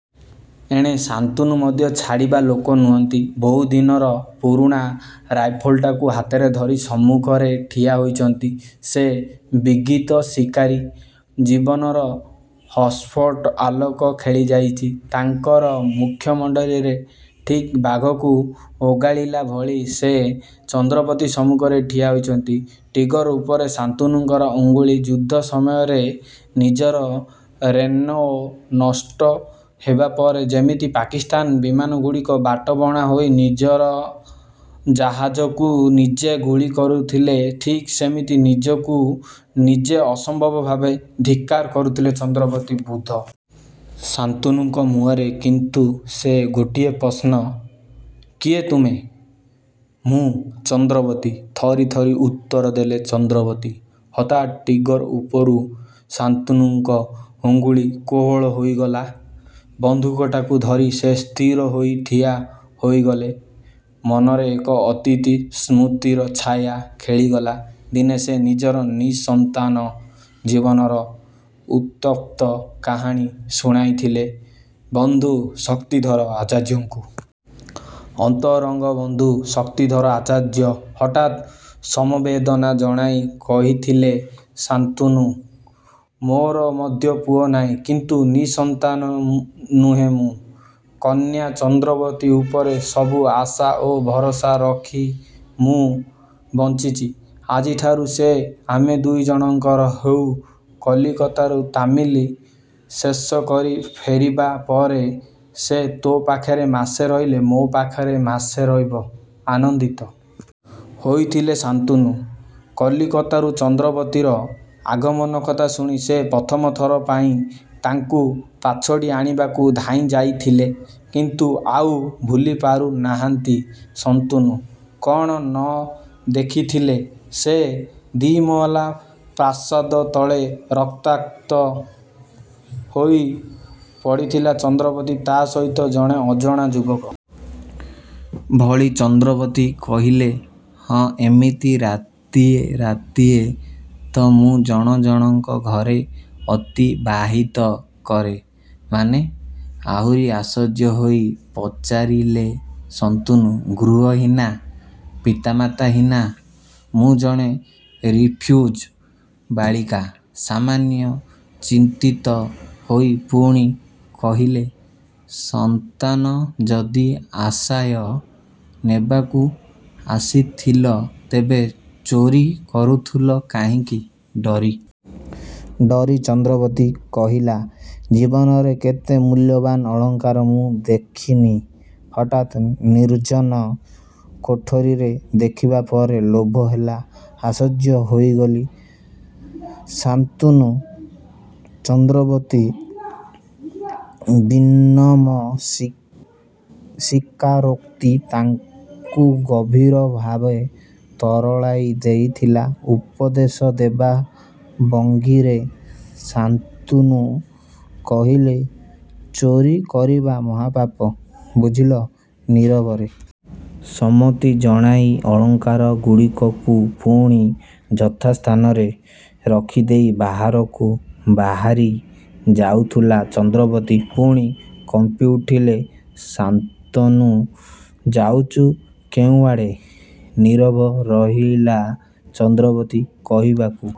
ଏଣେ ଶାନ୍ତନୁ ମଧ୍ୟ ଛାଡ଼ିବା ଲୋକ ନୁହଁନ୍ତି। ବହୁଦିନର ପୁରୁଣା ରାଇଫଲ୍‌ଟାକୁ ହାତରେ ଧରି ସମ୍ମୁଖରେ ଠିଆ ହୋଇଛନ୍ତି ସେ। ବିଗିତ ଶିକାରୀ ଜୀବନର ଅସ୍ପଷ୍ଟ ଆଲୋକ ଖେଳିଯାଉଛି ତାଙ୍କ ମୁଖମଣ୍ଡଳରେ। ଠିକ୍ ବାଘକୁ ଓଗାଳିଲା ଭଳି ସେ ଚନ୍ଦ୍ରାବତୀ ସମ୍ମୁଖରେ ଠିଆ ହୋଇଛନ୍ତି। ଟ୍ରିଗର ଉପରେ ଶାନ୍ତନୁଙ୍କ ଅଙ୍ଗୁଳି ଯୁଦ୍ଧ ସମୟରେ ନିଜର ରନ୍‌ୱେ ନଷ୍ଟ ହେବା ପରେ ଯେମିତି ପାକିସ୍ତାନ ବିମାନଗୁଡ଼ିକ ବାଟବଣା ହୋଇ ନିଜର ଜାହାଜକୁ ନିଜେ ଗୁଳି କରୁଥିଲେ, ଠିକ୍ ସେମିତି ନିଜକୁ ନିଜେ ଅସମ୍ଭବ ଭାବେ ଧିକ୍କାର କରୁଥିଲା ଚନ୍ଦ୍ରାବତୀ ବୃଦ୍ଧ। ଶାନ୍ତନୁଙ୍କ ମୁହଁରେ କିନ୍ତୁ ସେହି ଗୋଟିଏ ପ୍ରଶ୍ନ କିଏ ତୁମେ?ମୁଁ ଚନ୍ଦ୍ରାବତୀ, ଥରି ଥରି ଉତ୍ତର ଦେଲା ଚନ୍ଦ୍ରାବତୀ। ହଠାତ୍ ଟ୍ରିଗର ଉପରୁ ଶାନ୍ତନୁଙ୍କ ଅଙ୍ଗୁଳି କୋହଳ ହୋଇଗଲା। ବନ୍ଧୁକଟାକୁ ଧରି ସେ ସ୍ଥିର ହୋଇ ଠିଆ ହୋଇଗଲେ। ମନରେ ଏକ ଅତୀତି ସ୍ମୃତିର ଛାୟା ଖେଳିଗଲା। ଦିନେ ସେ ନିଜର ନିଃସନ୍ତାନ ଜୀବନର ଉତ୍ତପ୍ତ କାହାଣୀ ଶୁଣାଉଥିଲେ ବନ୍ଧୁ ଶକ୍ତିଧର ଆଚାର୍ଯ୍ୟଙ୍କୁ। ଅନ୍ତରଙ୍ଗ ବନ୍ଧୁ ଶକ୍ତିଧର ଆଚାର୍ଯ୍ୟ ହଠାତ୍ ସମବେଦନା ଜଣାଇ କହିଥିଲେ ଶାନ୍ତନୁ। ମୋର ମଧ୍ୟ ପୁଅ ନାହିଁ କିନ୍ତୁ ନିଃସନ୍ତାନ ନୁହେଁ ମୁଁ। କନ୍ୟା ଚନ୍ଦ୍ରାବତୀ ଉପରେ ସବୁ ଆଶା ଓ ଭରସା ରଖି ମୁଁ ବଞ୍ଚିଛି। ଆଜିଠାରୁ ସେ ଆମ ଦୁଇଜଣଙ୍କର ହେଉ। କଲିକତାର ତାଲିମ ଶେଷ କରି ଫେରିବା ପରେ ସେ ତୋ ପାଖରେ ମାସେ ରହିଲେ, ମୋ ପାଖରେ ମାସେ ରହିବ। ଆନନ୍ଦିତ ହୋଇଥିଲେ ଶାନ୍ତନୁ। କଲିକତାରୁ ଚନ୍ଦ୍ରାବତୀର ଆଗମନ କଥା ଶୁଣି ସେ ପ୍ରଥମଥର ପାଇଁ ତାଙ୍କୁ ପାଛୋଟି ଆଣିବାକୁ ଧାଇଁ ଯାଇଥିଲେ। କିନ୍ତୁ ଆଉ ଭୁଲିପାରୁ ନାହାଁନ୍ତି ଶନ୍ତନୁ। କଣ ନ ଦେଖିଥିଲେ ସେ ଦ୍ୱିମହଲା ପ୍ରାସଦ ତଳେ ରକ୍ତାକ୍ତ ହୋଇ ପଡ଼ିଥିଲା ଚନ୍ଦ୍ରାବତୀ। ତା ସହିତ ଜଣେ ଅଜଣା ଯୁବକ। ଭଳି ଚନ୍ଦ୍ରାବତୀ କହିଲ ହଁଏମିତି ରାତିଏ ରାତିଏ ତ ମୁଁ ଜଣ ଜଣକ ଘରେ ଅତିବାହିତ କରେ। ମାନେ ଆହୁରି ଆଶ୍ଚର୍ଯ୍ୟ ହୋଇ ପଚାରିଲେ ଶାନ୍ତନୁ। ଗୃହହୀନା, ପିତାମାତାହୀନା ମୁଁ ଜଣେ ରିଫ୍ୟୁଜି ବାଳିକା। ସାମାନ୍ୟ ଚିନ୍ତିତ ହୋଇ ପୁଣି କହିଲେ ଶାନ୍ତନ ଯଦି ଆଶ୍ରୟ ନେବାକୁ ଆସିଥିଲ, ତେବେ ଚୋରି କରୁଥିଲ କାହିଁକି? ଡରି ଡରି ଚନ୍ଦ୍ରାବତୀ କହିଲ ଜୀବନରେ କେତେ ମୂଲ୍ୟବାନ ଅଳଙ୍କାର ମୁଁ ଦେଖିନି। ହଠାତ୍ ନିର୍ଜନ କୋଠରୀରେ ଦେଖିବା ପରେ ଲୋଭ ହେଲା। ଆଶ୍ଚର୍ଯ୍ୟ ହୋଇଗଲେ ଶାନ୍ତନୁ ଚନ୍ଦ୍ରାବତୀର ବିନମ୍ର ସି ସ୍ୱୀକାରୋକ୍ତି ତାଙ୍କୁ ଗଭୀର ଭାବେ ତରଳାଇ ଦେଇଥିଲା। ଉପଦେଶ ଦେବା ଭଙ୍ଗୀରେ ଶାନ୍ତନୁ କହିଲେ ଚୋରି କରିବା ମହାପାପ ବୁଝିଲ? ନୀରବରେ ସମ୍ମତି ଜଣାଇ ଅଳଙ୍କାରଗୁଡ଼ିକୁ ପୁଣି ଯଥାସ୍ଥାନରେ ରଖିଦେଇ ବାହାରକୁ ବାହାରି ଯାଉଥିଲା ଚନ୍ଦ୍ରାବତୀ। ପୁଣି କମ୍ପିଉଠିଲେ ଶାନ୍ତନୁ। ଯାଉଛ କେଉଁଆଡ଼େ? ନୀରବ ରହିଲା ଚନ୍ଦ୍ରାବତୀ। କହିବାକୁ